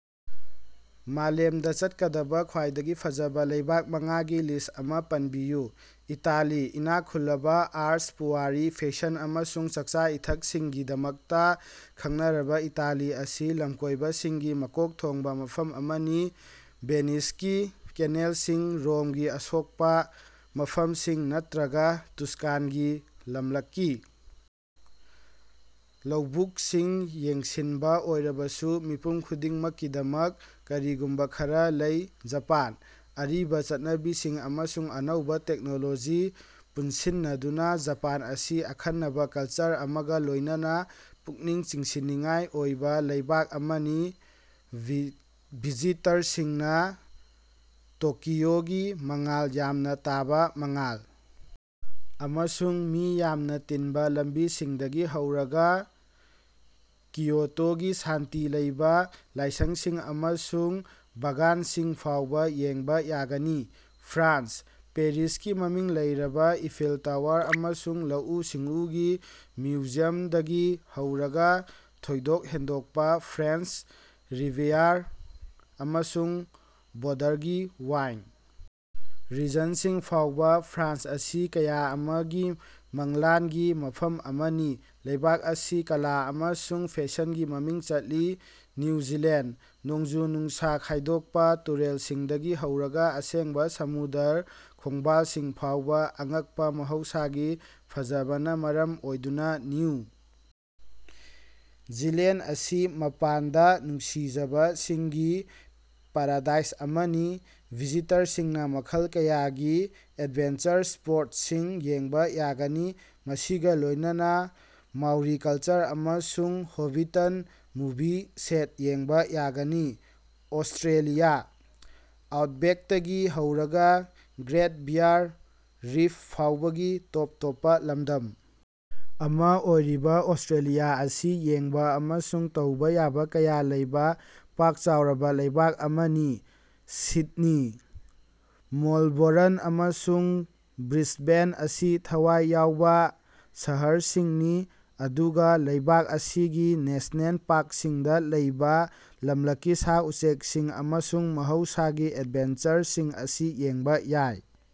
ꯃꯥꯂꯦꯝꯗ ꯆꯠꯀꯗꯕ ꯈ꯭ꯋꯥꯏꯗꯒꯤ ꯐꯕ ꯂꯩꯕꯥꯛ ꯃꯉꯥꯒꯤ ꯂꯤꯁ꯭ꯠ ꯑꯃ ꯄꯟꯕꯤꯌꯨ꯫ ꯏꯇꯥꯂꯤ ꯏꯅꯥꯛ ꯈꯨꯜꯂꯕ ꯑꯥꯔꯠ, ꯄꯨꯋꯥꯔꯤ, ꯐꯦꯁꯟ, ꯑꯃꯁꯨꯡ ꯆꯥꯛꯆꯥ-ꯏꯊꯛꯁꯤꯡꯒꯤꯗꯃꯛꯇ ꯈꯪꯅꯔꯕ ꯏꯇꯥꯂꯤ ꯑꯁꯤ ꯂꯝꯀꯣꯏꯕꯁꯤꯡꯒꯤ ꯃꯀꯣꯛ ꯊꯣꯡꯕ ꯃꯐꯝ ꯑꯃꯅꯤ꯫ ꯚꯦꯅꯤꯁꯀꯤ ꯀꯦꯅꯦꯜꯁꯤꯡ, ꯔꯣꯝꯒꯤ ꯑꯁꯣꯛꯄ ꯃꯐꯝꯁꯤꯡ, ꯅꯠꯇ꯭ꯔꯒ ꯇꯨꯁꯀꯥꯟꯒꯤ ꯂꯝꯂꯛꯀꯤ ꯂꯧꯕꯨꯛꯁꯤꯡ ꯌꯦꯡꯁꯤꯟꯕ ꯑꯣꯏꯔꯕꯁꯨ, ꯃꯤꯄꯨꯝ ꯈꯨꯗꯤꯡꯃꯛꯀꯤꯗꯃꯛ ꯀꯔꯤꯒꯨꯝꯕ ꯈꯔꯥ ꯂꯩ꯫ ꯖꯄꯥꯟ – ꯑꯔꯤꯕ ꯆꯠꯅꯕꯤꯁꯤꯡ ꯑꯃꯁꯨꯡ ꯑꯅꯧꯕ ꯇꯦꯛꯅꯣꯂꯣꯖꯤ ꯄꯨꯅꯁꯤꯟꯅꯗꯨꯅ ꯖꯄꯥꯟ ꯑꯁꯤ ꯑꯈꯟꯅꯕ ꯀꯜꯆꯔ ꯑꯃꯒ ꯂꯣꯏꯅꯅ ꯄꯨꯛꯅꯤꯡ ꯆꯤꯡꯁꯤꯟꯅꯤꯡꯉꯥꯏ ꯑꯣꯏꯕ ꯂꯩꯕꯥꯛ ꯑꯃꯅꯤ꯫ ꯚꯤꯖꯤꯇꯔꯁꯤꯡꯅ ꯇꯣꯀꯤꯑꯣꯒꯤ ꯃꯉꯥꯜ ꯌꯥꯝꯅ ꯇꯥꯕ ꯃꯉꯥꯜ ꯑꯃꯁꯨꯡ ꯃꯤ ꯌꯥꯝꯅ ꯇꯤꯟꯕ ꯂꯝꯕꯤꯁꯤꯡꯗꯒꯤ ꯍꯧꯔꯒ ꯀꯤꯌꯣꯇꯣꯒꯤ ꯁꯥꯟꯇꯤ ꯂꯩꯕ ꯂꯥꯏꯁꯪꯁꯤꯡ ꯑꯃꯁꯨꯡ ꯕꯥꯒꯥꯟꯁꯤꯡ ꯐꯥꯎꯕ ꯌꯦꯡꯕ ꯌꯥꯒꯅꯤ꯫ ꯐ꯭ꯔꯥꯟꯁ – ꯄꯦꯔꯤꯁꯀꯤ ꯃꯃꯤꯡ ꯂꯩꯔꯕ ꯏꯐꯦꯜ ꯇꯋꯥꯔ ꯑꯃꯁꯨꯡ ꯂꯧꯎ-ꯁꯤꯡꯎꯒꯤ ꯃ꯭ꯌꯨꯖꯤꯌꯝꯗꯒꯤ ꯍꯧꯔꯒ ꯊꯣꯏꯗꯣꯛ ꯍꯦꯟꯗꯣꯛꯄ ꯐ꯭ꯔꯦꯟꯆ ꯔꯤꯚꯤꯌꯥꯔꯥ ꯑꯃꯁꯨꯡ ꯕꯣꯔꯗꯔꯒꯤ ꯋꯥꯏꯟ ꯔꯤꯖꯟꯁꯤꯡ ꯐꯥꯎꯕ, ꯐ꯭ꯔꯥꯟꯁ ꯑꯁꯤ ꯀꯌꯥ ꯑꯃꯒꯤ ꯃꯪꯂꯥꯟꯒꯤ ꯃꯐꯝ ꯑꯃꯅꯤ꯫ ꯂꯩꯕꯥꯛ ꯑꯁꯤ ꯀꯂꯥ ꯑꯃꯁꯨꯡ ꯐꯦꯁꯟꯒꯤ ꯃꯃꯤꯡ ꯆꯠꯂꯤ꯫ ꯅ꯭ꯌꯨ ꯖꯤꯂꯦꯟꯗ – ꯅꯣꯡꯖꯨ-ꯅꯨꯡꯁꯥ ꯈꯥꯏꯗꯣꯛꯄ ꯇꯨꯔꯦꯜꯁꯤꯡꯗꯒꯤ ꯍꯧꯔꯒ ꯑꯁꯦꯡꯕ ꯁꯃꯨꯗ꯭ꯔ ꯈꯣꯡꯕꯥꯜꯁꯤꯡ ꯐꯥꯎꯕ ꯑꯉꯛꯄ ꯃꯍꯧꯁꯥꯒꯤ ꯐꯖꯕꯅ ꯃꯔꯝ ꯑꯣꯏꯗꯨꯅ ꯅ꯭ꯌꯨ ꯖꯤꯂꯦꯟꯗ ꯑꯁꯤ ꯃꯄꯥꯟꯗ ꯅꯨꯡꯁꯤꯖꯕꯁꯤꯡꯒꯤ ꯄꯥꯔꯥꯗꯥꯏꯁ ꯑꯃꯅꯤ꯫ ꯚꯤꯖꯤꯇꯔꯁꯤꯡꯅ ꯃꯈꯜ ꯀꯌꯥꯒꯤ ꯑꯦꯗꯚꯦꯟꯆꯔ ꯁ꯭ꯄꯣꯔꯠꯁꯁꯤꯡ ꯌꯦꯡꯕ ꯌꯥꯒꯅꯤ, ꯃꯁꯤꯒ ꯂꯣꯏꯅꯅ ꯃꯥꯎꯔꯤ ꯀꯜꯆꯔ ꯑꯃꯁꯨꯡ ꯍꯣꯕꯤꯇꯟ ꯃꯨꯚꯤ ꯁꯦꯠ ꯌꯦꯡꯕ ꯌꯥꯒꯅꯤ꯫ ꯑꯣꯁꯇ꯭ꯔꯦꯂꯤꯌꯥ ꯑꯥꯎꯠꯕꯦꯛꯇꯒꯤ ꯍꯧꯔꯒ ꯒ꯭ꯔꯦꯠ ꯕꯦꯔꯤꯌꯥꯔ ꯔꯤꯐ ꯐꯥꯎꯕꯒꯤ ꯇꯣꯞ ꯇꯣꯞꯄ ꯂꯝꯗꯝ ꯑꯃ ꯑꯣꯏꯔꯤꯕ ꯑꯣꯁꯇ꯭ꯔꯦꯂꯤꯌꯥ ꯑꯁꯤ ꯌꯦꯡꯕ ꯑꯃꯁꯨꯡ ꯇꯧꯕ ꯌꯥꯕ ꯀꯌꯥ ꯂꯩꯕ ꯄꯥꯛ ꯆꯥꯎꯔꯕ ꯂꯩꯕꯥꯛ ꯑꯃꯅꯤ꯫ ꯁꯤꯗꯅꯤ, ꯃꯦꯜꯕꯣꯔꯟ, ꯑꯃꯁꯨꯡ ꯕ꯭ꯔꯤꯁꯕꯦꯟ ꯑꯁꯤ ꯊꯋꯥꯏ ꯌꯥꯎꯕ ꯁꯍꯔꯁꯤꯡꯅꯤ, ꯑꯗꯨꯒ ꯂꯩꯕꯥꯛ ꯑꯁꯤꯒꯤ ꯅꯦꯁꯅꯦꯜ ꯄꯥꯔꯛꯁꯤꯡꯗ ꯂꯩꯕ ꯂꯝꯂꯛꯀꯤ ꯁꯥ-ꯎꯆꯦꯛꯁꯤꯡ ꯑꯃꯁꯨꯡ ꯃꯍꯧꯁꯥꯒꯤ ꯑꯦꯗꯚꯦꯟꯆꯔꯁꯤꯡ ꯑꯁꯤ ꯌꯦꯡꯕ ꯌꯥꯏ꯫